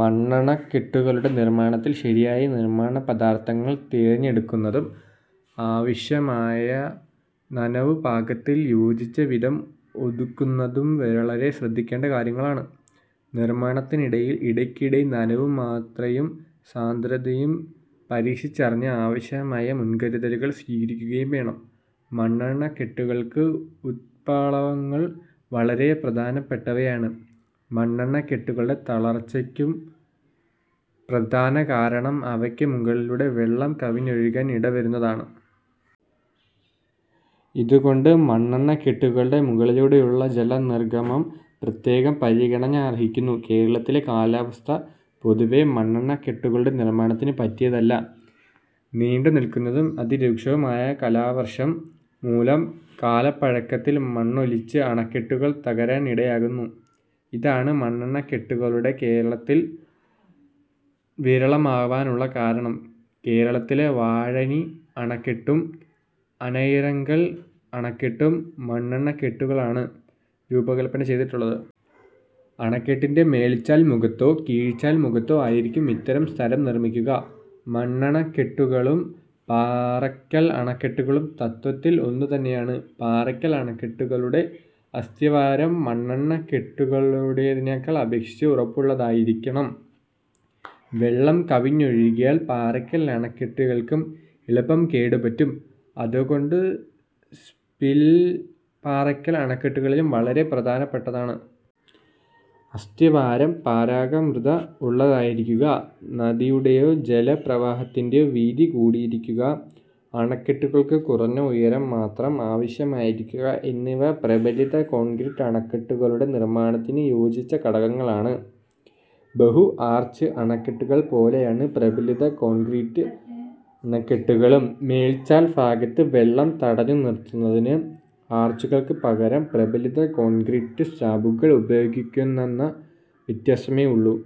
മണ്ണണക്കെട്ടുകളുടെ നിർമ്മാണത്തിൽ ശരിയായ നിർമ്മാണ പദാർഥങ്ങൾ തിരഞ്ഞെടുക്കുന്നതും ആവശ്യമായ 'നനവു പാക'ത്തിൽ യോജിച്ച വിധം ഒതുക്കുന്നതും വളരെ ശ്രദ്ധിക്കേണ്ട കാര്യങ്ങളാണ്. നിർമ്മാണത്തിനിടയിൽ ഇടയ്ക്കിടെ നനവു മാത്രയും സാന്ദ്രതയും പരീക്ഷിച്ചറിഞ്ഞ് ആവശ്യമായ മുൻകരുതലുകൾ സ്വീകരിക്കുകയും വേണം. മണ്ണണക്കെട്ടുകൾക്ക് ഉത്പ്ളാവങ്ങൾ വളരെ പ്രധാനപ്പെട്ടവയാണ്. മണ്ണണക്കെട്ടുകളുടെ തകർച്ചയ്ക്കുള്ള പ്രധാന കാരണം അവയ്ക്കു മുകളിലൂടെ വെള്ളം കവിഞ്ഞൊഴുകാൻ ഇടവരുന്നതാണ്. ഇതു കൊണ്ട് മണ്ണണക്കെട്ടുകളുടെ മുകളിലൂടെയുള്ള ജല നിർഗമം പ്രത്യേകം പരിഗണന അർഹിക്കുന്നു. കേരളത്തിലെ കാലാവസ്ഥ പൊതുവേ മണ്ണണക്കെട്ടുകളുടെ നിർമ്മാണത്തിന് പറ്റിയതല്ല. നീണ്ടു നില്ക്കുന്നതും അതിരൂക്ഷവുമായ കാലവർഷം മൂലം കാലപ്പഴക്കത്തിൽ മണ്ണൊലിച്ച് അണക്കെട്ടുകൾ തകരാൻ ഇടയാകും. ഇതാണ് മണ്ണണക്കെട്ടുകൾ കേരളത്തിൽ വിരളമാവാനുള്ള കാരണം. കേരളത്തിലെ 'വാഴാനി' അണക്കെട്ടും 'ആനയിറങ്കൽ' അണക്കെട്ടും മണ്ണണക്കെട്ടുകളായാണ് രൂപകല്പന ചെയ്തിട്ടുള്ളത്. അണക്കെട്ടിന്റെ മേൽചാൽ മുഖത്തോ കീഴ്ചാൽ മുഖത്തോ ആയിരിക്കും ഇത്തരം സ്തരം നിർമ്മിക്കുക. മണ്ണണക്കെട്ടുകളും പാറക്കൽ അണക്കെട്ടുകളും തത്ത്വത്തിൽ ഒന്നു തന്നെയാണ്. പാറക്കൽ അണക്കെട്ടുകളുടെ അസ്ഥിവാരം മണ്ണണക്കെട്ടുകളുടേതിനെ അപേക്ഷിച്ച് ഉറപ്പുള്ളതായിരിക്കണം. വെള്ളം കവിഞ്ഞൊഴുകിയാൽ പാറക്കൽ അണക്കെട്ടുകൾക്കും എളുപ്പം കേടു പറ്റും. അതുകൊണ്ടു സ്പിൽവേകൾ പാറക്കൽ അണക്കെട്ടുകളിലും വളരെ പ്രധാനപ്പെട്ടതാണ്. അസ്ഥിവാരം പാരഗമ്യത ഉള്ളതായിരിക്കുക, നദിയുടെയോ ജല പ്രവാഹത്തിന്റെയോ വീതി കൂടിയിരിക്കുക, അണക്കെട്ടുകൾക്ക് കുറഞ്ഞ ഉയരം മാത്രം ആവശ്യമായിരിക്കുക എന്നിവ പ്രബലിത കോൺക്രീറ്റ് അണക്കെട്ടുകളുടെ നിർമ്മാണത്തിന് യോജിച്ച ഘടകങ്ങളാണ്. ബഹു-ആർച്ച് അണക്കെട്ടുകൾ പോലെയാണ് പ്രബലിത കോൺക്രീറ്റ ണക്കെട്ടുകളും. മേൽചാൽഭാഗത്ത് വെള്ളം തടഞ്ഞുനിർത്തുന്നതിന് ആർച്ചുകൾക്കുപകരം പ്രബലിത കോൺക്രീറ്റ് സ്ളാബുകൾ ഉപയോഗിക്കുന്നെന്ന വ്യത്യാസമേയുള്ളു.